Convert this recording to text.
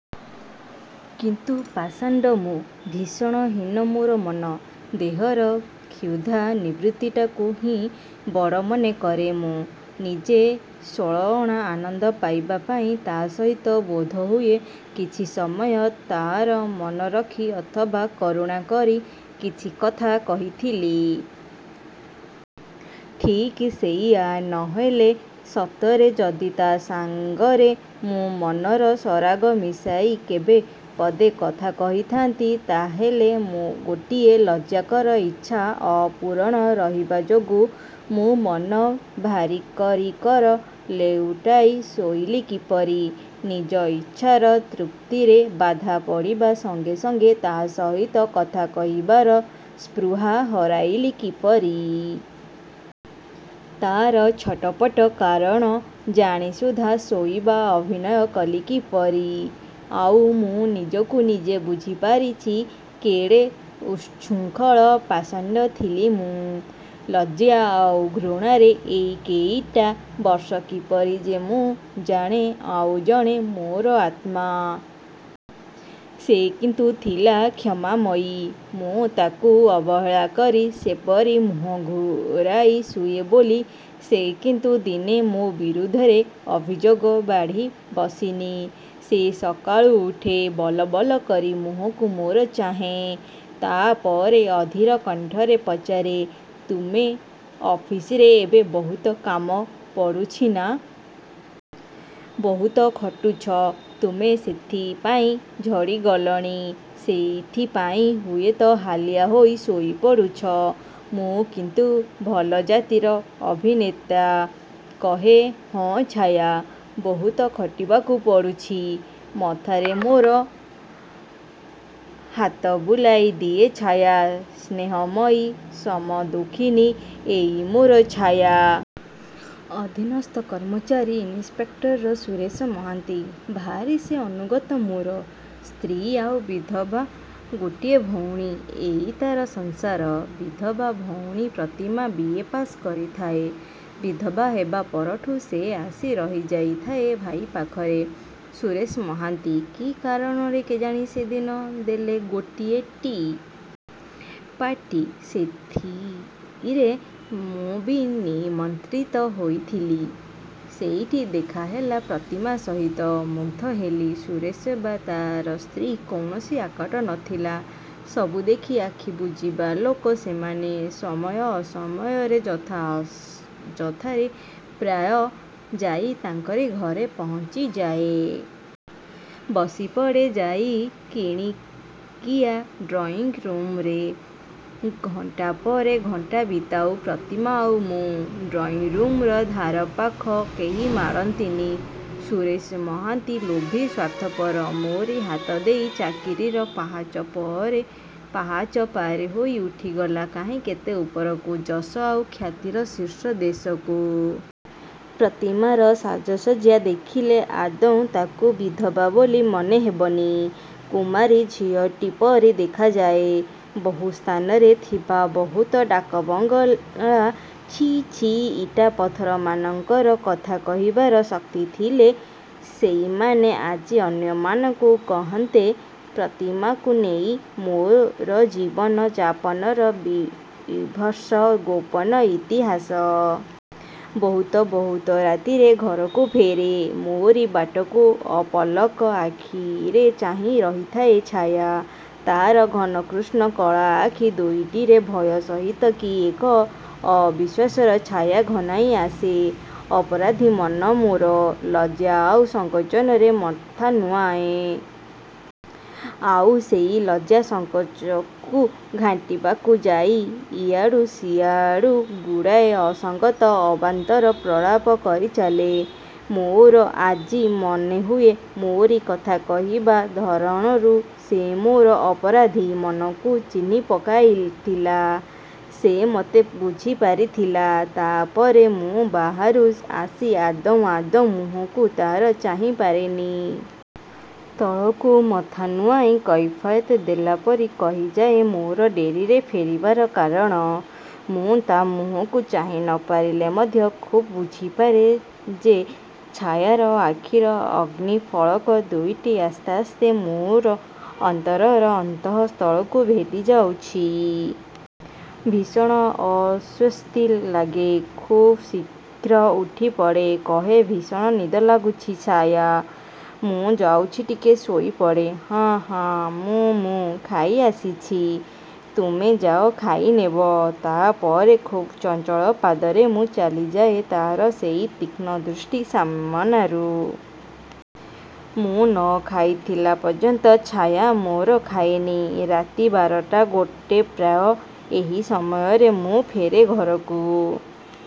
କିନ୍ତୁ ପାଷାଣ୍ଡ ମୁଁ। ଭୀଷଣ ହୀନ ମୋର ମନ। ଦେହର କ୍ଷୁଧା ନିବୃତ୍ତିଟାକୁ ହିଁ ବଡ଼ ମନେ କରେ ମୁଁ। ନିଜେ ଷୋଳଅଣା ଆନନ୍ଦ ପାଇବା ପାଇଁ ତା' ସହିତ ବୋଧହୁଏ କିଛି ସମୟ ତା'ର ମନ ରଖି ଅଥବା କରୁଣା କରି କିଛି କଥା କହିଥିଲି। ଠିକ୍ ସେଇଆ। ନହେଲେ ସତରେ ଯଦି ତା' ସାଙ୍ଗରେ ମୁଁ ମନର ସରାଗ ମିଶାଇ କେବେ ପଦେ କଥା କହିଥାନ୍ତି, ତାହାହେଲେ ଗୋଟିଏ ଲଜ୍ଜାକର ଇଚ୍ଛା ଅପୂରଣ ରହିବା ଯୋଗୁଁ ମୁଁ ମନ ଭାରି କରି କର ଲେଉଟାଇ ଶୋଇଲି କିପରି? ନିଜ ଇଚ୍ଛାର ତୃପ୍ତିରେ ବାଧା ପଡ଼ିବା ସଙ୍ଗେ ସଙ୍ଗେ ତା' ସହିତ କଥା କହିବାର ସ୍ପୃହା ହରାଇଲି କିପରି? ତା'ର ଛଟପଟ କାରଣ ଜାଣି ସୁଦ୍ଧା ଶୋଇବା ଅଭିନୟ କଲି କିପରି? ଆଉ ମୁଁ ନିଜକୁ ନିଜେ ବୁଝି ପାରିଛି, କେଡ଼େ ଉଚ୍ଛୃଙ୍ଖଳ ପାଷାଣ୍ଡ ଥିଲି ମୁଁ। ଲଜ୍ଜା ଆଉ ଘୃଣାରେ ଏଇ କେଇଟା ବର୍ଷ କିପରି ଯେ ମୁଁ ଜାଣେ ଆଉ ଜଣେ ମୋର ଆତ୍ମା। ସେ କିନ୍ତୁ ଥିଲା କ୍ଷମାମୟୀ। ମୁଁ ତାଙ୍କୁ ଅବହେଳା କରି ସେପରି ମୁହଁ ଘୂରାଇ ଶୁଏ ବୋଲି, ସେ କିନ୍ତୁ ଦିନେ ମୋ ବିରୁଦ୍ଧରେ ଅଭିଯୋଗ ବାଢ଼ି ବସିନି। ସେ ସକାଳୁ ଉଠେ। ବଲ ବଲ କରି ମୁହଁକୁ ମୋର ଚାହେଁ। ତା' ପରେ ଅଧୀର କଣ୍ଠରେ ପଚାରେ ତୁମ ଅଫିସରେ ଏବେ ବହୁତ କାମ ପଡ଼ୁଛି ନା? ବହୁତ ଖଟୁଛ ତୁମେ ସେଥିପାଇଁ ଝଡ଼ି ଗଲଣି, ସେଇଥିପାଇଁ ହୁଏତ ହାଲିଆ ହୋଇ ଶୋଇ ପଡ଼ୁଛ। ମୁଁ କିନ୍ତୁ ଭଲ ଜାତିର ଅଭିନେତା। କହେ ହଁ ଛାୟା, ବହୁତ ଖଟିବାକୁ ପଡ଼ୁଛି। ମଥାରେ ମୋର ହାତ ବୁଲାଇ ଦିଏ ଛାୟା, ସ୍ନେହମୟୀ, ସମଦୁଃଖିନୀ ଏଇ ମୋର ଛାୟା। ଅଧୀନସ୍ଥ କର୍ମଚାରୀ ଇନ୍‌ସପେକ୍ଟର ସୁରେଶ ମହାନ୍ତି। ଭାରି ସେ ଅନୁଗତ ମୋର। ସ୍ତ୍ରୀ ଆଉ ବିଧବା ଗୋଟିଏ ଭଉଣୀ। ଏଇ ତା'ର ସଂସାର। ବିଧବା ଭଉଣୀ ପ୍ରତିମା ବି. ଏ. ପାସ୍ କରିଥାଏ। ବିଧବା ହେବା ପରଠୁ ସେ ଆସି ରହିଯାଇଥାଏ ଭାଇ ପାଖରେ। ସୁରେଶ ମହାନ୍ତି କି କାରଣରେ କେଜାଣି ସେଦିନ ଦେଲେ ଗୋଟିଏ ଟି. ପାର୍ଟି। ସେଇଥିରେ ମୁଁ ବି ନିମନ୍ତ୍ରିତ ହୋଇଥିଲି। ସେଇଠି ଦେଖାହେଲା ପ୍ରତିମା ସହିତ। ମୁଗ୍ଧ ହେଲି। ସୁରେଶ ବା ତା'ର ସ୍ତ୍ରୀର କୌଣସି ଆକଟ ନ ଥିଲା। ସବୁ ଦେଖି ଆଖି ବୁଜିବା ଲୋକ ସେମାନେ। ସମୟ ଅସମୟରେ ଯଥା ଅଯଥାରେ ପ୍ରାୟ ଯାଇ ତାଙ୍କରି ଘରେ ପହଞ୍ଚି ଯାଏ। ବସି ପଡ଼େ ଯାଇ କଣିକିଆ ଡ୍ରଇଂରୁମ୍‌ରେ। ଘଣ୍ଟା ପରେ ଘଣ୍ଟା ବିତାଉ, ପ୍ରତିମା ଆଉ ମୁଁ। ଡ୍ରଇଂରୁମ୍‌ର ଧାର ପାଖ କେହି ମାଡ଼ନ୍ତିନି। ସୁରେଶ ମହାନ୍ତି ଲୋଭୀ, ସ୍ୱାର୍ଥପର। ମୋରି ହାତ ଦେଇ ଚାକିରିର ପାହାଚ ପରେ ପାହାଚ ପାରି ହୋଇ ଉଠିଗଲା କାହିଁ କେତେ ଉପରକୁ, ଯଶ ଆଉ ଖ୍ୟାତିର ଶୀର୍ଷଦେଶକୁ। ପ୍ରତିମାର ସାଜସଜ୍ଜା ଦେଖିଲେ ଆଦୌ ତାକୁ ବିଧବା ବୋଲି ମନେ ହେବନି। କୁମାରୀ ଝିଅଟି ପରି ଦେଖାଯାଏ। ବହୁ ସ୍ଥାନରେ ଥିବା ବହୁତ ଡାକବଙ୍ଗଳା ଛି, ଛି ଇଟା ପଥରମାନଙ୍କର କଥା କହିବାର ଶକ୍ତି ଥିଲେ ସେଇମାନେ ଆଜି ଅନ୍ୟମାନଙ୍କୁ କହନ୍ତେ ପ୍ରତିମାକୁ ନେଇ ମୋର ଜୀବନ ଯାପନର ବୀଭତ୍ସ ଗୋପନ ଇତିହାସ। ବହୁତ, ବହୁତ ରାତିରେ ଘରକୁ ଫେରେ। ମୋରି ବାଟକୁ ଅପଲକ ଆଖିରେ ଚାହିଁ ରହିଥାଏ ଛାୟା। ତା'ର ଘନକୃଷ୍ଣ କଳା ଆଖି ଦୁଇଟିରେ ଭୟ ସହିତ କି ଏକ ଅବିଶ୍ୱାସର ଛାୟା ଘନାଇ ଆସେ। ଅପରାଧୀ ମନ ମୋର। ଲଜ୍ଜା ଆଉ ସଂକୋଚରେ ମଥା ନୁଆଁଏ। ଆଉ ସେଇ ଲଜ୍ଜା ସଂକୋଚକୁ ଘାଣ୍ଟିବାକୁ ଯାଇ ଏଆଡ଼ୁ ସେଆଡ଼ୁ ଗୁଡ଼ାଏ ଅସଙ୍ଗତ ଅବାନ୍ତର ପ୍ରଳାପ କରି ଚାଲେ। ମୋର ଆଜି ମନେ ହୁଏ ମୋରି କଥା କହିବା ଧରଣରୁ ସେ ମୋର ଅପରାଧୀ ମନକୁ ଚିହ୍ନି ପକାଇଥିଲା। ସେ ମତେ ବୁଝି ପାରିଥିଲା। ତା' ପରେ ମୁଁ ବାହାରୁ ଆସି ଆଦୌ, ଆଦୌ ମୁହଁକୁ ତା'ର ଚାହିଁ ପାରେନି। ତଳକୁ ମଥା ନୁଆଁଇ କୈଫିୟତ୍ ଦେଲା ପରି କହିଯାଏ ମୋର ଡେରିରେ ଫେରିବାର କାରଣ। ମୁଁ ତା' ମୁହଁକୁ ଚାହିଁ ନ ପାରିଲେ ମଧ୍ୟ ଖୁବ୍ ବୁଝି ପାରେ ଯେ ଛାୟାର ଆଖିର ଅଗ୍ନିଫଳକ ଦୁଇଟି ଆସ୍ତେ ଆସ୍ତେ ମୋର ଅନ୍ତରର ଅନ୍ତଃସ୍ଥଳକୁ ଭେଦି ଯାଉଛି। ଭୀଷଣ ଅସ୍ୱସ୍ତି ଲାଗେ। ଖୁବ୍ ଶୀଘ୍ର ଉଠି ପଡ଼େ। କହେ ଭୀଷଣ ନିଦ ଲାଗୁଛି ଛାୟା। ମୁଁ ଯାଉଛି ଟିକେ ଶୋଇ ପଡ଼େ। ହଁ, ହଁ ମୁଁ, ମୁଁ ଖାଇ ଆସିଛି। ତୁମେ ଯାଅ ଖାଇନେବ। ତା' ପରେ ଖୁବ୍ ଚଞ୍ଚଳ ପାଦରେ ମୁଁ ଚାଲିଯାଏ ତା'ର ସେଇ ତୀକ୍ଷ୍ଣ ଦୃଷ୍ଟି ସାମନାରୁ। ମୁଁ ନ ଖାଇଥିଲା ପର୍ଯ୍ୟନ୍ତ ଛାୟା ମୋର ଖାଏନି। ରାତି ବାରଟା, ଗୋଟେ ପ୍ରାୟ ଏହି ସମୟରେ ମୁଁ ଫେରେ ଘରକୁ।